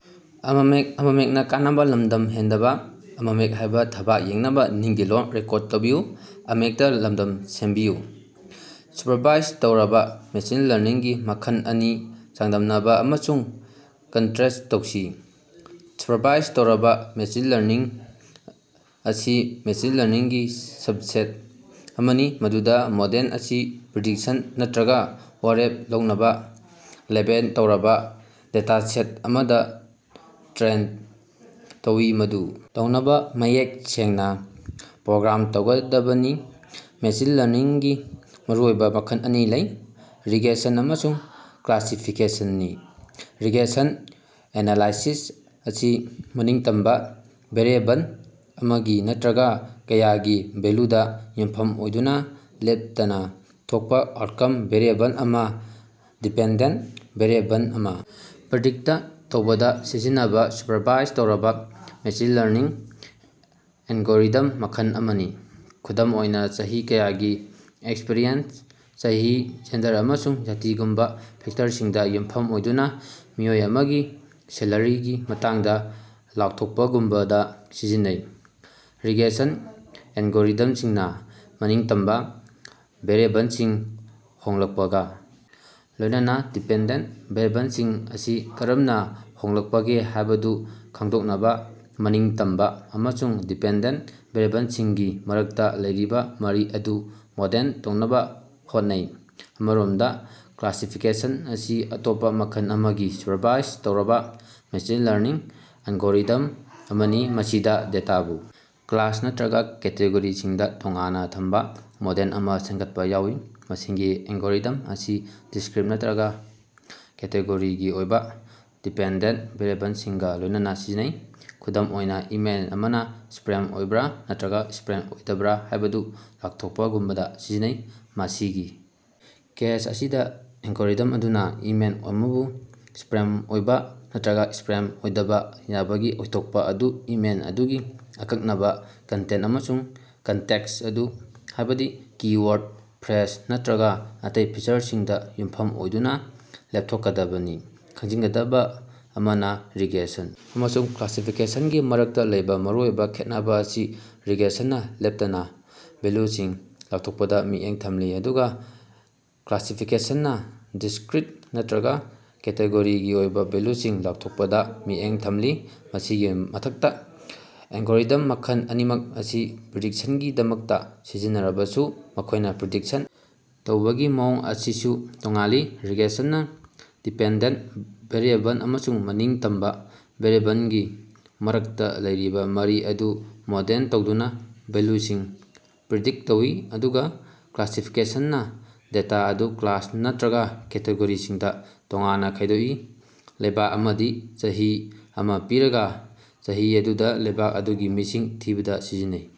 Supervise ꯇꯧꯔꯕꯥ machine ꯂꯔꯅꯤꯡꯒꯤ ꯃꯈꯜ ꯑꯅꯤ ꯆꯥꯡꯗꯝꯅꯕꯥ ꯑꯃꯁꯨꯡ ꯀꯟꯇ꯭ꯔꯦꯁ ꯇꯧꯁꯤ꯫ ꯁꯨꯄꯔꯚꯥꯏꯖ ꯇꯧꯔꯕꯥ ꯃꯦꯁꯤꯟ ꯂꯔꯅꯤꯡ ꯑꯁꯤ ꯃꯦꯁꯤꯟ ꯂꯔꯅꯤꯡꯒꯤ ꯁꯕꯁꯦꯠ ꯑꯃꯅꯤ ꯃꯗꯨꯗꯥ ꯃꯣꯗꯦꯜ ꯑꯁꯤ ꯄ꯭ꯔꯤꯗꯤꯛꯁꯟ ꯅꯠꯇ꯭ꯔꯒꯥ ꯋꯥꯔꯦꯞ ꯂꯧꯅꯕꯥ ꯂꯦꯕꯦꯜ ꯇꯧꯔꯕꯥ ꯗꯦꯇꯥꯁꯦꯠ ꯑꯃꯗꯥ ꯇ꯭ꯔꯦꯟ ꯇꯧꯏ, ꯃꯗꯨ ꯇꯧꯅꯕꯥ ꯃꯌꯦꯛ ꯁꯦꯡꯅꯥ ꯄ꯭ꯔꯣꯒ꯭ꯔꯥꯝ ꯇꯧꯒꯗꯕꯅꯤ꯫ ꯃꯦꯁꯤꯟ ꯂꯔꯅꯤꯡꯒꯤ ꯃꯔꯨꯑꯣꯏꯕꯥ ꯃꯈꯜ ꯑꯅꯤ ꯂꯩ: ꯔꯤꯒ꯭ꯔꯦꯁꯟ ꯑꯃꯁꯨꯡ ꯀ꯭ꯂꯥꯁꯤꯐꯤꯀꯦꯁꯟꯅꯤ꯫ ꯔꯤꯒ꯭ꯔꯦꯁꯟ ꯑꯦꯅꯥꯂꯥꯏꯁꯤꯁ ꯑꯁꯤ ꯃꯅꯤꯡꯇꯝꯕꯥ ꯚꯦꯔꯤꯑꯦꯕꯜ ꯑꯃꯒꯤ ꯅꯠꯇ꯭ꯔꯒꯥ ꯀꯌꯥꯒꯤ ꯚꯦꯜꯂꯨꯗꯥ ꯌꯨꯝꯐꯝ ꯑꯣꯏꯗꯨꯅꯥ ꯂꯦꯞꯇꯅꯥ ꯊꯣꯛꯄꯥ ꯑꯥꯎꯠꯀꯝ ꯚꯦꯔꯤꯑꯦꯕꯜ ꯑꯃꯥ ꯗꯤꯄꯦꯟꯗꯦꯟꯇ ꯚꯦꯔꯤꯑꯦꯕꯜ ꯑꯃꯥ ꯄ꯭ꯔꯤꯗꯤꯛꯇ ꯇꯧꯕꯗꯥ ꯁꯤꯖꯤꯟꯅꯕꯥ ꯁꯨꯄꯔꯚꯥꯏꯖ ꯇꯧꯔꯕꯥ ꯃꯦꯁꯤꯟ ꯂꯔꯅꯤꯡ ꯑꯦꯜꯒꯣꯔꯤꯊꯝ ꯃꯈꯜ ꯑꯃꯅꯤ꯫ ꯈꯨꯗꯝ ꯑꯣꯏꯅꯥ, ꯆꯍꯤ ꯀꯌꯥꯒꯤ ꯑꯦꯛꯁꯄꯤꯔꯤꯑꯦꯟꯁ, ꯆꯍꯤ, ꯖꯦꯟꯗꯔ ꯑꯃꯁꯨꯡ ꯖꯥꯇꯤꯒꯨꯝꯕꯥ ꯐꯦꯛꯇꯔꯁꯤꯡꯗꯥ ꯌꯨꯝꯐꯝ ꯑꯣꯏꯗꯨꯅꯥ ꯃꯤꯑꯣꯏ ꯑꯃꯒꯤ ꯁꯦꯂꯔꯤꯒꯤ ꯃꯇꯥꯡꯗꯥ ꯂꯥꯎꯊꯣꯛꯄꯥꯒꯨꯝꯕꯗꯥ ꯁꯤꯖꯤꯟꯅꯩ꯫ ꯔꯤꯒ꯭ꯔꯦꯁꯟ ꯑꯦꯜꯒꯣꯔꯤꯊꯝꯁꯤꯡꯅꯥ ꯃꯅꯤꯡꯇꯝꯕꯥ ꯚꯦꯔꯤꯑꯦꯕꯜꯁꯤꯡ ꯍꯣꯡꯂꯛꯄꯒꯥ ꯂꯣꯏꯅꯅꯥ ꯗꯤꯄꯦꯟꯗꯦꯟꯇ ꯚꯦꯔꯤꯑꯦꯕꯜꯁꯤꯡ ꯑꯁꯤ ꯀꯔꯝꯅꯥ ꯍꯣꯡꯂꯛꯄꯒꯦ ꯍꯥꯏꯕꯗꯨ ꯈꯪꯗꯣꯛꯅꯕꯥ ꯃꯅꯤꯡꯇꯝꯕꯥ ꯑꯃꯁꯨꯡ ꯗꯤꯄꯦꯟꯗꯦꯟꯇ ꯚꯦꯔꯤꯑꯦꯕꯜꯁꯤꯡꯒꯤ ꯃꯔꯛꯇꯥ ꯂꯩꯔꯤꯕꯥ ꯃꯔꯤ ꯑꯗꯨ ꯃꯣꯗꯦꯜ ꯇꯧꯅꯕꯥ ꯍꯣꯠꯅꯩ꯫ ꯑꯃꯔꯣꯝꯗꯥ ꯀ꯭ꯂꯥꯁꯤꯐꯤꯀꯦꯁꯟ ꯑꯁꯤ ꯑꯇꯣꯞꯄꯥ ꯃꯈꯜ ꯑꯃꯒꯤ ꯁꯨꯄꯔꯚꯥꯏꯖ ꯇꯧꯔꯕꯥ ꯃꯦꯁꯤꯟ ꯂꯔꯅꯤꯡ ꯑꯦꯜꯒꯣꯔꯤꯊꯝ ꯑꯃꯅꯤ ꯃꯁꯤꯗꯥ ꯗꯦꯇꯥꯕꯨ ꯀ꯭ꯂꯥꯁ ꯅꯠꯇ꯭ꯔꯒꯥ ꯀꯦꯇꯦꯒꯣꯔꯤꯁꯤꯡꯗꯥ ꯇꯣꯉꯥꯟꯅꯥ ꯊꯝꯕꯥ ꯃꯣꯗꯦꯜ ꯑꯃꯥ ꯁꯦꯝꯒꯠꯄꯥ ꯌꯥꯎꯏ꯫ ꯃꯁꯤꯒꯤ ꯑꯦꯜꯒꯣꯔꯤꯊꯝ ꯑꯁꯤ ꯗꯤꯁꯀ꯭ꯔꯤꯠ ꯅꯠꯇ꯭ꯔꯒꯥ ꯀꯦꯇꯦꯒꯣꯔꯤꯒꯤ ꯑꯣꯏꯕꯥ ꯗꯤꯄꯦꯟꯗꯦꯟꯇ ꯚꯦꯔꯤꯑꯦꯕꯜꯁꯤꯡꯒꯥ ꯂꯣꯏꯅꯅꯥ ꯁꯤꯖꯤꯟꯅꯩ꯫ ꯈꯨꯗꯝ ꯑꯣꯏꯅꯥ, ꯏꯃꯦꯜ ꯑꯃꯅꯥ ꯁ꯭ꯄꯦꯝ ꯑꯣꯏꯕ꯭ꯔꯥ ꯅꯠꯇ꯭ꯔꯒꯥ ꯁ꯭ꯄꯦꯝ ꯑꯣꯏꯗꯕ꯭ꯔꯥ ꯍꯥꯏꯕꯗꯨ ꯂꯥꯎꯊꯣꯛꯄꯥꯒꯨꯝꯕꯗꯥ ꯁꯤꯖꯤꯟꯅꯩ꯫ ꯃꯁꯤꯒꯤ ꯀꯦꯁ ꯑꯁꯤꯗꯥ, ꯑꯦꯜꯒꯣꯔꯤꯊꯝ ꯑꯗꯨꯅꯥ ꯏꯃꯦꯜ ꯑꯃꯕꯨ ꯁ꯭ꯄꯦꯝ ꯑꯣꯏꯕꯥ ꯅꯠꯇ꯭ꯔꯒꯥ ꯁ꯭ꯄꯦꯝ ꯑꯣꯏꯗꯕꯥ ꯌꯥꯕꯒꯤ ꯑꯣꯏꯊꯣꯛꯄꯥ ꯑꯗꯨ ꯏꯃꯦꯜ ꯑꯗꯨꯒꯤ ꯑꯀꯛꯅꯕꯥ ꯀꯟꯇꯦꯟꯇ ꯑꯃꯁꯨꯡ ꯀꯟꯇꯦꯛꯁ ꯑꯗꯨ ꯍꯥꯏꯕꯗꯤ ꯀꯤ-ꯋꯥꯔꯗ, ꯐ꯭ꯔꯦꯖ ꯅꯠꯇ꯭ꯔꯒꯥ ꯑꯇꯩ ꯐꯤꯆꯔꯁꯤꯡꯗꯥ ꯌꯨꯝꯐꯝ ꯑꯣꯏꯗꯨꯅꯥ ꯂꯦꯞꯊꯣꯛꯀꯗꯕꯅꯤ꯫ ꯈꯪꯖꯤꯟꯒꯗꯕꯥ ꯑꯃꯅꯥ, ꯔꯤꯒ꯭ꯔꯦꯁꯟ ꯑꯃꯁꯨꯡ ꯀ꯭ꯂꯥꯁꯤꯐꯤꯀꯦꯁꯟꯒꯤ ꯃꯔꯛꯇꯥ ꯂꯩꯕꯥ ꯃꯔꯨꯑꯣꯏꯕꯥ ꯈꯦꯠꯅꯕꯥ ꯑꯁꯤ ꯔꯤꯒ꯭ꯔꯦꯁꯟꯅꯥ ꯂꯦꯞꯇꯅꯥ ꯚꯦꯜꯂꯨꯁꯤꯡ ꯂꯥꯎꯊꯣꯛꯄꯗꯥ ꯃꯤꯠꯌꯦꯡ ꯊꯝꯂꯤ ꯑꯗꯨꯒꯥ ꯀ꯭ꯂꯥꯁꯤꯐꯤꯀꯦꯁꯟꯅꯥ ꯗꯤꯁꯀ꯭ꯔꯤꯠ ꯅꯠꯇ꯭ꯔꯒꯥ ꯀꯦꯇꯦꯒꯣꯔꯤꯒꯤ ꯑꯣꯏꯕꯥ ꯚꯦꯜꯂꯨꯁꯤꯡ ꯂꯥꯎꯊꯣꯛꯄꯗꯥ ꯃꯤꯠꯌꯦꯡ ꯊꯝꯂꯤ꯫ ꯃꯁꯤꯒꯤ ꯃꯊꯛꯇꯥ, ꯑꯦꯜꯒꯣꯔꯤꯊꯝ ꯃꯈꯜ ꯑꯅꯤꯃꯛ ꯑꯁꯤ ꯄ꯭ꯔꯤꯗꯤꯛꯁꯟꯒꯤꯗꯃꯛꯇꯥ ꯁꯤꯖꯤꯟꯅꯔꯕꯁꯨ, ꯃꯈꯣꯏꯅꯥ ꯄ꯭ꯔꯤꯗꯤꯛꯁꯟ ꯇꯧꯕꯒꯤ ꯃꯑꯣꯡ ꯑꯁꯤꯁꯨ ꯇꯣꯉꯥꯜꯂꯤ; ꯔꯤꯒ꯭ꯔꯦꯁꯟꯅꯥ ꯗꯤꯄꯦꯟꯗꯦꯟꯇ ꯚꯦꯔꯤꯑꯦꯕꯜ ꯑꯃꯁꯨꯡ ꯃꯅꯤꯡꯇꯝꯕꯥ ꯚꯦꯔꯤꯑꯦꯕꯜꯒꯤ ꯃꯔꯛꯇꯥ ꯂꯩꯔꯤꯕꯥ ꯃꯔꯤ ꯑꯗꯨ ꯃꯣꯗꯦꯜ ꯇꯧꯗꯨꯅꯥ ꯚꯦꯜꯂꯨꯁꯤꯡ ꯄ꯭ꯔꯤꯗꯤꯛꯇ ꯇꯧꯏ, ꯑꯗꯨꯒꯥ ꯀ꯭ꯂꯥꯁꯤꯐꯤꯀꯦꯁꯟꯅꯥ ꯗꯦꯇꯥ ꯑꯗꯨ ꯀ꯭ꯂꯥꯁ ꯅꯠꯇꯔꯒꯥ ꯀꯦꯇꯦꯒꯣꯔꯤꯁꯤꯡꯗꯥ ꯇꯣꯉꯥꯟꯅꯥ ꯈꯥꯏꯗꯣꯛꯏ꯫ ꯂꯩꯕꯥꯛ ꯑꯃꯗꯤ ꯆꯍꯤ ꯑꯃꯥ ꯄꯤꯔꯒꯥ, ꯆꯍꯤ ꯑꯗꯨꯗꯥ ꯂꯩꯕꯥꯛ ꯑꯗꯨꯒꯤ ꯃꯤꯁꯤꯡ ꯊꯤꯕꯗ ꯁꯤꯖꯤꯟꯅꯩ꯫